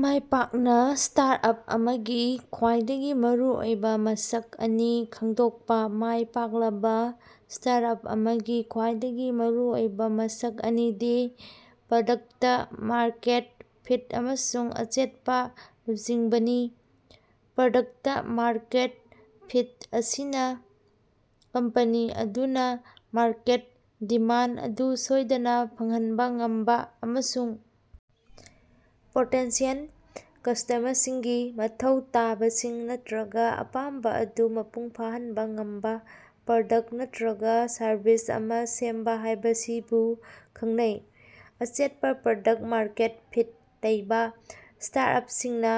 ꯃꯥꯏꯄꯥꯛꯅ startup ꯑꯃꯒꯤ ꯈ꯭ꯋꯥꯏꯗꯒꯤ ꯃꯔꯨꯑꯣꯏꯕ ꯃꯁꯛ ꯑꯅꯤ ꯈꯪꯗꯣꯛꯄ꯫ ꯃꯥꯏ ꯄꯥꯛꯂꯕ ꯁ꯭ꯇꯥꯔꯠꯑꯞ ꯑꯃꯒꯤ ꯈ꯭ꯋꯥꯏꯗꯒꯤ ꯃꯔꯨꯑꯣꯏꯕ ꯃꯁꯛ ꯑꯅꯤꯗꯤ ꯄ꯭ꯔꯗꯛꯇ-ꯃꯥꯔꯀꯦꯠ ꯐꯤꯠ ꯑꯃꯁꯨꯡ ꯑꯆꯦꯠꯄ ꯂꯨꯆꯤꯡꯕꯅꯤ꯫ ꯄ꯭ꯔꯗꯛꯇ-ꯃꯥꯔꯀꯦꯠ ꯐꯤꯠ: ꯃꯁꯤꯅ ꯀꯝꯄꯅꯤ ꯑꯗꯨꯅ ꯃꯥꯔꯀꯦꯠ ꯗꯤꯃꯥꯟꯗ ꯑꯗꯨ ꯁꯣꯏꯗꯅ ꯐꯪꯍꯟꯕ ꯉꯝꯕ ꯑꯃꯁꯨꯡ ꯄꯣꯇꯦꯟꯁꯤꯑꯦꯜ ꯀꯁ꯭ꯇꯃꯔꯁꯤꯡꯒꯤ ꯃꯊꯧ ꯇꯥꯕꯁꯤꯡ ꯅꯠꯇ꯭ꯔꯒ ꯑꯄꯥꯝꯕ ꯑꯗꯨ ꯃꯄꯨꯡ ꯐꯥꯍꯟꯕ ꯉꯝꯕ ꯄ꯭ꯔꯗꯛꯇ ꯅꯠꯇ꯭ꯔꯒ ꯁꯔꯚꯤꯁ ꯑꯃ ꯁꯦꯝꯕ ꯍꯥꯏꯕꯁꯤꯕꯨ ꯈꯪꯅꯩ꯫ ꯑꯆꯦꯠꯄ ꯄ꯭ꯔꯗꯛꯇ-ꯃꯥꯔꯀꯦꯠ ꯐꯤꯠ ꯂꯩꯕ ꯁ꯭ꯇꯥꯔꯇꯑꯄꯁꯤꯡꯅ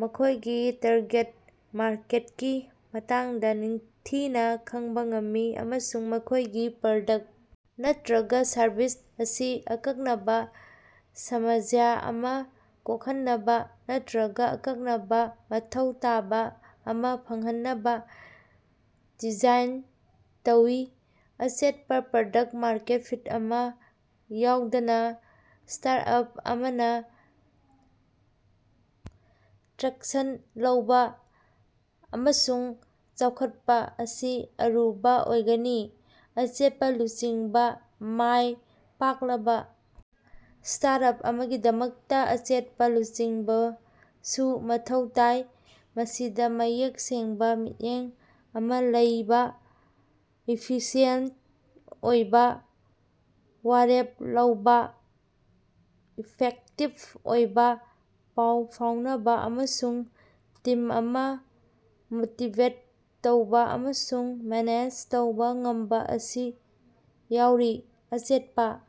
ꯃꯈꯣꯏꯒꯤ ꯇꯥꯔꯒꯦꯠ ꯃꯥꯔꯀꯦꯠꯀꯤ ꯃꯇꯥꯡꯗ ꯅꯤꯡꯊꯤꯅ ꯈꯪꯕ ꯉꯝꯃꯤ ꯫ ꯑꯃꯁꯨꯡ ꯃꯈꯣꯏꯒꯤ ꯄ꯭ꯔꯗꯛꯇ ꯅꯠꯇ꯭ꯔꯒ ꯁꯔꯕꯤꯁ ꯑꯁꯤ ꯑꯀꯛꯅꯕ ꯁꯃꯁ꯭ꯌꯥ ꯑꯃ ꯀꯣꯛꯍꯟꯅꯕ ꯅꯠꯇ꯭ꯔꯒ ꯑꯀꯛꯅꯕ ꯃꯊꯧ ꯇꯥꯕ ꯑꯃ ꯐꯪꯍꯟꯅꯕ ꯗꯤꯖꯥꯏꯟ ꯇꯧꯏ꯫ ꯑꯆꯦꯠꯄ ꯄ꯭ꯔꯗꯛꯇ-ꯃꯥꯔꯀꯦꯠ ꯐꯤꯠ ꯑꯃ ꯌꯥꯎꯗꯅ ꯁ꯭ꯇꯥꯔꯇꯑꯞ ꯑꯃꯅ ꯇ꯭ꯔꯦꯛꯁꯟ ꯂꯧꯕ ꯑꯃꯁꯨꯡ ꯆꯥꯎꯈꯠꯄ ꯑꯁꯤ ꯑꯔꯨꯕ ꯑꯣꯏꯒꯅꯤ꯫ ꯑꯆꯦꯠꯄ ꯂꯨꯆꯤꯡꯕ: ꯃꯥꯏ ꯄꯥꯛꯂꯕ ꯁ꯭ꯇꯥꯔꯇꯑꯞ ꯑꯃꯒꯤꯗꯃꯛꯇ ꯑꯆꯦꯠꯄ ꯂꯨꯆꯤꯡꯕꯁꯨ ꯃꯊꯧ ꯇꯥꯏ꯫ ꯃꯁꯤꯗ ꯃꯌꯦꯛ ꯁꯦꯡꯕ ꯃꯤꯠꯌꯦꯡ ꯑꯃ ꯂꯩꯕ,, ꯏꯐꯤꯁꯤꯌꯦꯟꯇ ꯑꯣꯏꯕꯥ ꯋꯥꯔꯦꯞ ꯂꯧꯕ, ꯏꯐꯦꯛꯇꯤꯕ ꯑꯣꯏꯕ ꯄꯥꯎ ꯐꯥꯎꯅꯕ, ꯑꯃꯁꯨꯡ ꯇꯤꯝ ꯑꯃ ꯃꯣꯇꯤꯕꯦꯠ ꯇꯧꯕ ꯑꯃꯁꯨꯡ ꯃꯦꯅꯦꯖ ꯇꯧꯕ ꯉꯝꯕ ꯑꯁꯤ ꯌꯥꯎꯔꯤ꯫ ꯑꯆꯦꯠꯄ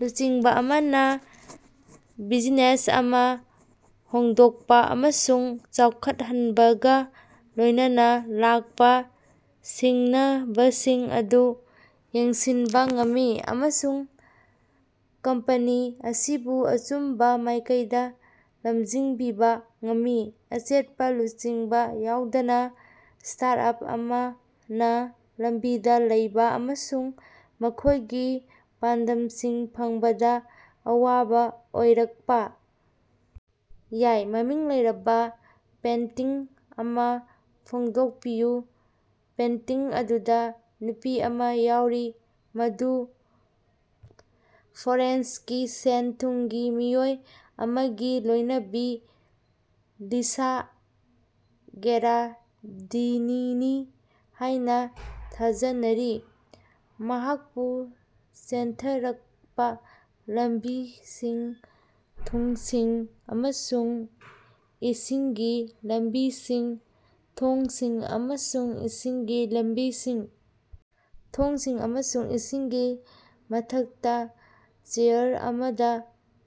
ꯂꯨꯆꯤꯡꯕ ꯑꯃꯅ ꯕꯤꯖꯤꯅꯦꯁ ꯑꯃ ꯍꯧꯗꯣꯛꯄ ꯑꯃꯁꯨꯡ ꯆꯥꯎꯈꯠꯍꯟꯕꯒ ꯂꯣꯏꯅꯅ ꯂꯥꯛꯄ ꯁꯤꯡꯅꯕꯁꯤꯡ ꯑꯗꯨ ꯌꯦꯡꯁꯤꯟꯕ ꯉꯝꯃꯤ꯫ ꯑꯃꯁꯨꯡ ꯀꯝꯄꯦꯅꯤ ꯑꯁꯤꯕꯨ ꯑꯆꯨꯝꯕ ꯃꯥꯏꯀꯩꯗ ꯂꯃꯖꯤꯡꯕꯤꯕ ꯉꯝꯃꯤ꯫ ꯑꯆꯦꯠꯄ ꯂꯨꯆꯤꯡꯕ ꯌꯥꯎꯗꯅ ꯁ꯭ꯇꯥꯔꯇꯑꯞ ꯑꯃꯅ ꯂꯝꯕꯤꯗ ꯂꯩꯕ ꯑꯃꯁꯨꯡ ꯃꯈꯣꯏꯒꯤ ꯄꯥꯟꯗꯝꯁꯤꯡ ꯐꯪꯕꯗ ꯑꯋꯥꯕ ꯑꯣꯏꯔꯛꯄ ꯌꯥꯏ꯫ ꯃꯃꯤꯡ ꯂꯩꯔꯕ ꯄꯦꯟꯇꯤꯡ ꯑꯃ ꯐꯣꯡꯗꯣꯛꯄꯤꯌꯨ꯫ ꯄꯦꯟꯇꯤꯡ ꯑꯗꯨꯗ ꯅꯨꯄꯤ ꯑꯃ ꯌꯥꯎꯔꯤ꯫ ꯃꯗꯨ ꯐ꯭ꯂꯣꯔꯦꯟꯁꯀꯤ ꯁꯦꯜ ꯊꯨꯝꯒꯤ ꯃꯤꯑꯣꯏ ꯑꯃꯒꯤ ꯂꯣꯏꯅꯕꯤ ꯂꯤꯁꯥ ꯒꯦꯔꯥꯗꯤꯅꯤꯅꯤ ꯍꯥꯏꯅ ꯊꯥꯖꯅꯔꯤ꯫ ꯃꯍꯥꯛꯄꯨ ꯆꯦꯟꯊꯔꯛꯄ ꯂꯝꯕꯤꯁꯤꯡ, ꯊꯣꯡꯁꯤꯡ ꯑꯃꯁꯨꯡ ꯏꯁꯤꯡꯒꯤ ꯂꯝꯕꯤꯁꯤꯡ, ꯊꯣꯡꯁꯤꯡ ꯑꯃꯁꯨꯡ ꯏꯁꯤꯡꯒꯤ ꯂꯝꯕꯤꯁꯤꯡ, ꯊꯣꯡꯁꯤꯡ ꯑꯃꯁꯨꯡ ꯏꯁꯤꯡꯒꯤ ꯃꯊꯛꯇꯥ ꯆꯦꯌꯔ ꯑꯃꯗ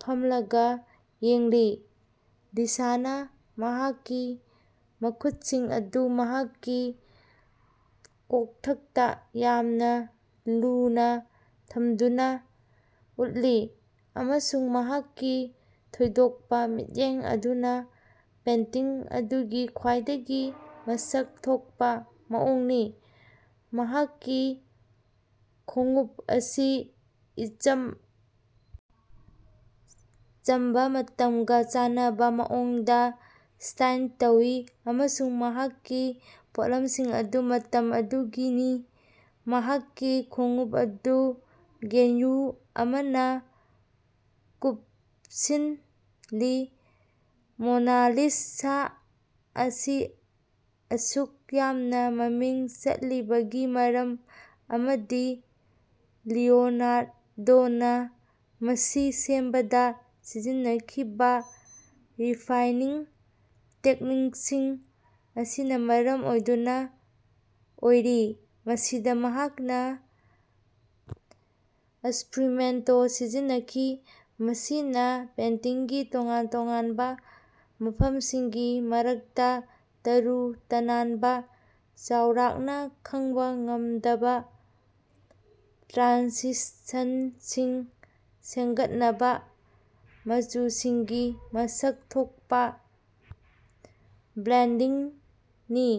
ꯐꯝꯂꯒ ꯌꯦꯡꯂꯤ꯫ ꯂꯤꯁꯥꯅꯥ ꯃꯍꯥꯛꯀꯤ ꯃꯈꯨꯠꯁꯤꯡ ꯑꯗꯨ ꯃꯍꯥꯛꯀꯤ ꯀꯣꯛꯊꯛꯇ ꯌꯥꯝꯅ ꯂꯨꯅ ꯊꯝꯗꯨꯅ ꯎꯠꯂꯤ꯫ ꯑꯃꯁꯨꯡ ꯃꯍꯥꯛꯀꯤ ꯊꯣꯏꯗꯣꯛꯄ ꯃꯤꯠꯌꯦꯡ ꯑꯗꯨꯅ ꯄꯦꯟꯇꯤꯡ ꯑꯗꯨꯒꯤ ꯈ꯭ꯋꯥꯏꯗꯒꯤ ꯃꯁꯛ ꯊꯣꯛꯄ ꯃꯑꯣꯡꯅꯤ꯫ ꯃꯍꯥꯛꯀꯤ ꯈꯣꯡꯎꯞ ꯑꯁꯤ ꯏꯆꯝ ꯆꯝꯕ ꯃꯇꯝꯒ ꯆꯥꯟꯅꯕ ꯃꯑꯣꯡꯗ ꯁ꯭ꯇꯥꯏꯜ ꯇꯧꯏ ꯑꯃꯁꯨꯡ ꯃꯍꯥꯛꯀꯤ ꯄꯣꯠꯂꯝꯁꯤꯡ ꯑꯗꯨ ꯃꯇꯝ ꯑꯗꯨꯒꯤꯅꯤ ꯃꯍꯥꯛꯀꯤ ꯈꯣꯡꯎꯞ ꯑꯗꯨ ꯚꯦꯜꯌꯨ ꯑꯃꯅ ꯀꯨꯄꯁꯤꯜꯂꯤ꯫ ꯃꯣꯅꯥꯂꯤꯁꯥ ꯑꯁꯤ ꯑꯁꯨꯛ ꯌꯥꯝꯅ ꯃꯃꯤꯡ ꯆꯠꯂꯤꯕꯒꯤ ꯃꯔꯝ ꯑꯃꯗꯤ ꯂꯤꯑꯣꯅꯥꯔꯗꯣꯅꯥ ꯃꯁꯤ ꯁꯦꯝꯕꯗ ꯁꯤꯖꯤꯟꯅꯈꯤꯕ ꯔꯤꯐꯥꯏꯅꯤꯡ ꯇꯦꯛꯅꯤꯛꯁꯤꯡ ꯑꯁꯤꯅ ꯃꯔꯝ ꯑꯣꯏꯗꯨꯅ ꯑꯣꯏꯔꯤ꯫ ꯃꯁꯤꯗ ꯃꯍꯥꯛꯅ ꯁ꯭ꯐꯨꯃꯦꯇꯣ ꯁꯤꯖꯤꯟꯅꯈꯤ꯫ ꯃꯁꯤꯅꯥ ꯄꯦꯟꯇꯤꯡꯒꯤ ꯇꯣꯉꯥꯟ ꯇꯣꯉꯥꯅꯕꯥ ꯃꯐꯝꯁꯤꯡꯒꯤ ꯃꯔꯛꯇ ꯇꯔꯨ ꯇꯅꯥꯟꯕ ꯆꯥꯎꯔꯥꯛꯅ ꯈꯪꯕ ꯉꯝꯗꯕ ꯇ꯭ꯔꯥꯟꯁꯤꯁꯟꯁꯤꯡ ꯁꯦꯝꯒꯠꯅꯕ ꯃꯆꯨꯁꯤꯡꯒꯤ ꯃꯁꯛ ꯊꯣꯛꯄ ꯕ꯭ꯂꯦꯟꯗꯤꯡꯅꯤ꯫.